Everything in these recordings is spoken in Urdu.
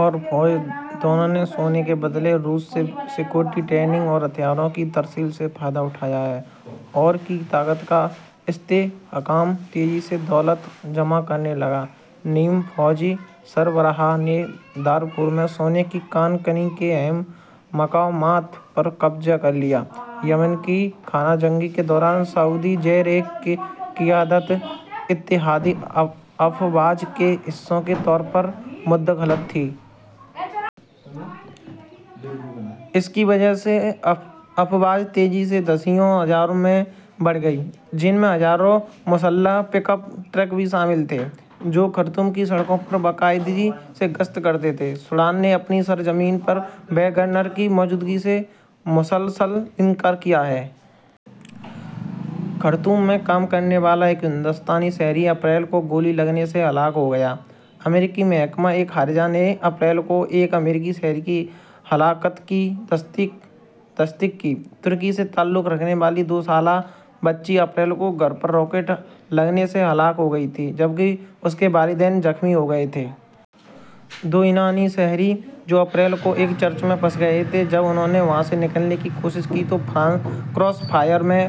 اور فوج دونوں نے سونے کے بدلے روس سے سیکورٹی ٹریننگ اور ہتھیاروں کی ترسیل سے فائدہ اٹھایا ہے۔ اور کی طاقت کا استحکام تیزی سے دولت جمع کرنے لگے، نیم فوجی سربراہ نے دارفور میں سونے کی کان کنی کے اہم مقامات پر قبضہ کر لیا، یمن کی خانہ جنگی کے دوران سعودی زیرقیادت اتحادی افواج کے حصے کے طور پر مداخلت کی۔ اس کی وجہ سے افواج تیزی سے دسیوں ہزار میں بڑھ گئیں، جن میں ہزاروں مسلح پک اپ ٹرک بھی شامل تھے، جو خرطوم کی سڑکوں پر باقاعدگی سے گشت کرتے تھے۔ سوڈان نے اپنی سرزمین پر ویگنر کی موجودگی سے مسلسل انکار کیا ہے۔ ۔ خرطوم میں کام کرنے والا ایک ہندوستانی شہری اپریل کو گولی لگنے سے ہلاک ہو گیا۔ امریکی محکمہ خارجہ نے اپریل کو ایک امریکی شہری کی ہلاکت کی تصدیق کی۔ ترکی سے تعلق رکھنے والی دو سالہ بچی اپریل کو گھر پر راکٹ لگنے سے ہلاک ہو گئی تھی جبکہ اس کے والدین زخمی ہو گئے تھے۔ دو یونانی شہری جو اپریل کو ایک چرچ میں پھنس گئے تھے جب انھوں نے وہاں سے نکلنے کی کوشش کی تو کراس فائر میں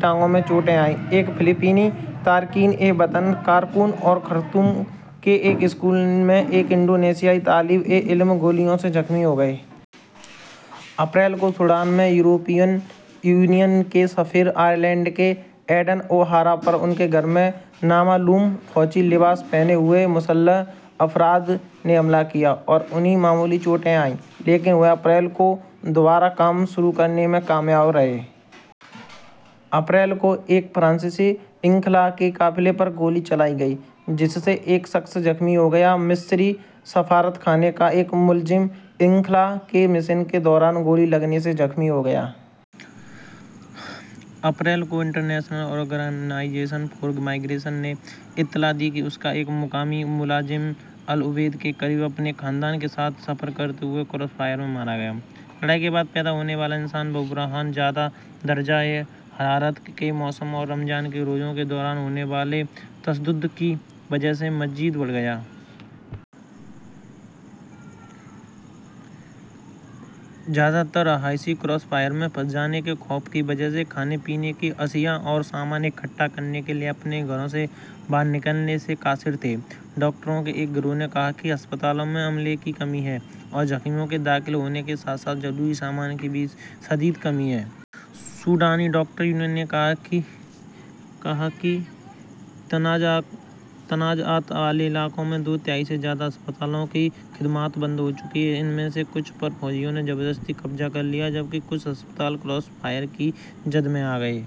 ٹانگوں میں چوٹیں آئیں۔ ایک فلپائنی تارکین وطن کارکن اور خرطوم کے ایک اسکول میں ایک انڈونیشی طالب علم گولیوں سے زخمی ہو گئے۔ اپریل کو، سوڈان میں یورپی یونین کے سفیر، آئرلینڈ کے ایڈن اوہارا پر ان کے گھر میں نامعلوم "فوجی لباس پہنے ہوئے مسلح افراد" نے حملہ کیا اور انھیں معمولی چوٹیں آئیں لیکن وہ اپریل کو دوبارہ کام شروع کرنے میں کامیاب رہے۔ اپریل کو ایک فرانسیسی انخلاء کے قافلے پر گولی چلائی گئی جس سے ایک زخمی ہو گیا۔ مصری سفارت خانے کا ایک ملازم انخلاء کے مشن کے دوران گولی لگنے سے زخمی ہو گیا۔ اپریل کو، انٹرنیشنل آرگنائزیشن فار مائیگریشن نے اطلاع دی کہ اس کا ایک مقامی ملازم العبید کے قریب اپنے خاندان کے ساتھ سفر کرتے ہوئے کراس فائر میں مارا گیا۔ لڑائی کے بعد پیدا ہونے والا انسانی بحران زیادہ درجہ حرارت کے موسم اور رمضان کے روزے کے دوران ہونے والے تشدد کی وجہ سے مزید بڑھ گیا۔ زیادہ تر رہائشی کراس فائر میں پھنس جانے کے خوف کی وجہ سے کھانے پینے کی اشیاء اور سامان اکٹھا کرنے کے لیے اپنے گھروں سے باہر نکلنے سے قاصر تھے۔ ڈاکٹروں کے ایک گروپ نے کہا کہ ہسپتالوں میں عملہ کمی ہے اور زخمیوں کے داخل ہونے کے ساتھ ساتھ سامان کی کمی ہے۔ سوڈانی ڈاکٹرز یونین نے کہا کہ تنازعات والے علاقوں میں دو تہائی سے زیادہ ہسپتالوں کی خدمات ختم ہو چکی ہیں جن میں سے کو فوجیوں نے زبردستی نکال لیا یا کراس فائر میں پھنس گئے۔